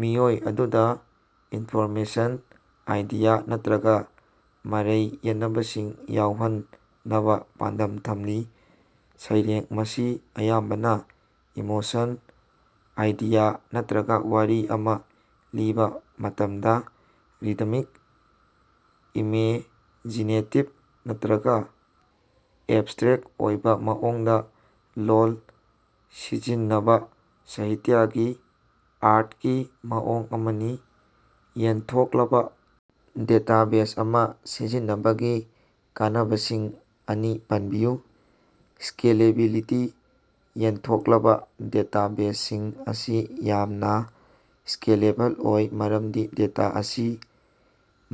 ꯃꯤꯑꯣꯏ ꯑꯗꯨꯗ information idea ꯅꯠꯇ꯭ꯔꯒ ꯃꯔꯩ ꯌꯦꯠꯅꯕꯁꯤꯡ ꯌꯧꯍꯟꯅꯕ ꯄꯥꯟꯗꯝ ꯊꯝꯂꯤ꯫ ꯁꯩꯔꯦꯡ: ꯃꯁꯤ ꯑꯌꯥꯝꯕꯅ ꯏꯃꯣꯁꯟ, ꯑꯥꯏꯗꯤꯌꯥ ꯅꯠꯇ꯭ꯔꯒ ꯋꯥꯔꯤ ꯑꯃ ꯂꯤꯕꯥ ꯃꯇꯝꯗ ꯔꯤꯗꯃꯤꯛ, ꯏꯃꯦꯖꯤꯅꯦꯇꯤꯚ ꯅꯠꯇ꯭ꯔꯒ ꯑꯦꯕꯁꯇ꯭ꯔꯦꯛꯇ ꯑꯣꯏꯕꯥ ꯃꯑꯣꯡꯗ ꯂꯣꯜ ꯁꯤꯖꯤꯟꯅꯕ ꯁꯥꯍꯤꯇ꯭ꯌꯥꯒꯤ ꯑꯥꯔꯇꯀꯤ ꯃꯑꯣꯡ ꯑꯃꯅꯤ꯫ ꯌꯦꯟꯊꯣꯛꯂꯕ ꯗꯦꯇꯥꯕꯦꯖ ꯑꯃ ꯁꯤꯖꯤꯟꯅꯕꯒꯤ ꯀꯥꯟꯅꯕꯁꯤꯡ ꯑꯅꯤ ꯄꯟꯕꯤꯌꯨ꯫ ꯁ꯭ꯀꯦꯂꯦꯕꯤꯂꯤꯇꯤ: ꯌꯦꯟꯊꯣꯛꯂꯕ ꯗꯦꯇꯥꯕꯦꯖꯁꯤꯡ ꯑꯁꯤ ꯌꯥꯝꯅ ꯁ꯭ꯀꯦꯂꯦꯕꯜ ꯑꯣꯏ ꯃꯔꯝꯗꯤ ꯗꯦꯇꯥ ꯑꯁꯤ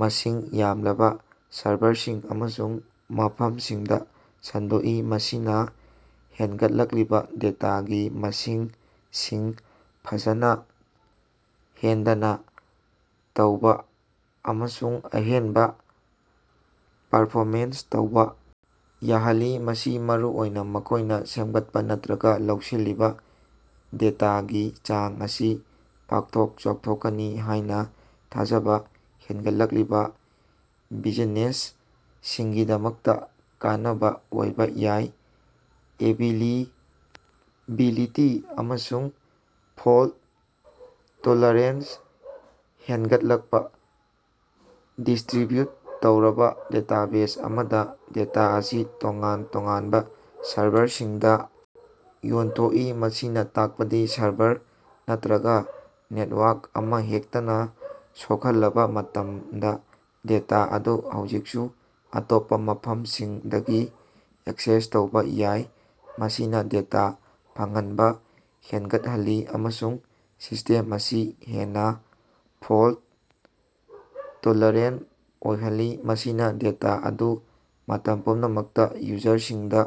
ꯃꯁꯤꯡ ꯌꯥꯝꯂꯕ ꯁꯔꯚꯔꯁꯤꯡ ꯑꯃꯁꯨꯡ ꯃꯐꯝꯁꯤꯡꯗ ꯁꯟꯗꯣꯛꯏ ꯃꯁꯤꯅ ꯍꯦꯟꯒꯠꯂꯛꯂꯤꯕ ꯗꯦꯇꯥꯒꯤ ꯃꯁꯤꯡꯁꯤꯡ ꯐꯖꯅ ꯍꯦꯟꯗꯅ ꯇꯧꯕ ꯑꯃꯁꯨꯡ ꯑꯍꯦꯟꯕ ꯄꯔꯐꯣꯃꯦꯟꯁ ꯇꯧꯕꯥ ꯌꯥꯍꯜꯂꯤ꯫ ꯃꯁꯤ ꯃꯔꯨꯑꯣꯏꯅ ꯃꯈꯣꯢꯅ ꯁꯦꯝꯒꯠꯄ ꯅꯠꯇ꯭ꯔꯒ ꯂꯧꯁꯤꯜꯂꯤꯕ ꯗꯦꯇꯥꯒꯤ ꯆꯥꯡ ꯑꯁꯤ ꯄꯥꯛꯊꯣꯛ ꯆꯥꯎꯊꯣꯛꯀꯅꯤ ꯍꯥꯢꯅ ꯊꯥꯖꯕ ꯍꯦꯟꯒꯠꯂꯛꯂꯤꯕ ꯕꯤꯖꯤꯅꯦꯁꯁꯤꯡꯒꯤꯗꯃꯛꯇ ꯀꯥꯟꯅꯕ ꯑꯣꯏꯕꯥ ꯌꯥꯏ꯫ ꯑꯦꯕꯤꯂꯤꯕꯤꯂꯤꯇꯤ ꯑꯃꯁꯨꯡ ꯐꯣꯜꯇ ꯇꯣꯂꯔꯦꯟꯁ ꯍꯦꯟꯒꯠꯂꯛꯄ: ꯗꯤꯁꯇ꯭ꯔꯤꯕ꯭ꯌꯨꯠ ꯇꯧꯔꯕ ꯗꯦꯇꯥꯕꯦꯖ ꯑꯃꯗ ꯗꯦꯇꯥ ꯑꯁꯤ ꯇꯣꯉꯥꯟ ꯇꯣꯉꯥꯟꯕ ꯁꯔꯚꯔꯁꯤꯡꯗ ꯌꯦꯟꯊꯣꯛꯏ ꯃꯁꯤꯅ ꯇꯥꯛꯄꯗꯤ ꯁꯔꯚꯔ ꯅꯠꯇ꯭ꯔꯒ ꯅꯦꯇꯋꯥꯔꯛ ꯑꯃꯍꯦꯛꯇꯅ ꯁꯣꯛꯍꯜꯂꯕ ꯃꯇꯝꯗ ꯗꯦꯇꯥ ꯑꯗꯨ ꯍꯧꯖꯤꯛꯁꯨ ꯑꯇꯣꯞꯄ ꯃꯐꯝꯁꯤꯡꯗꯒꯤ ꯑꯦꯛꯁꯦꯁ ꯇꯧꯕꯥ ꯌꯥꯏ꯫ ꯃꯁꯤꯅ ꯗꯦꯇꯥ ꯐꯪꯍꯟꯕꯥ ꯍꯦꯟꯒꯠꯍꯜꯂꯤ ꯑꯃꯁꯨꯡ ꯁꯤꯁꯇꯦꯝ ꯑꯁꯤ ꯍꯦꯟꯅ ꯐꯣꯜꯇ-ꯇꯣꯂꯦꯔꯦꯟꯇ ꯑꯣꯏꯍꯜꯂꯤ ꯃꯁꯤꯅ ꯗꯦꯇꯥ ꯑꯗꯨ ꯃꯇꯝ ꯄꯨꯝꯅꯃꯛꯇ ꯌꯨꯖꯔꯁꯤꯡꯗ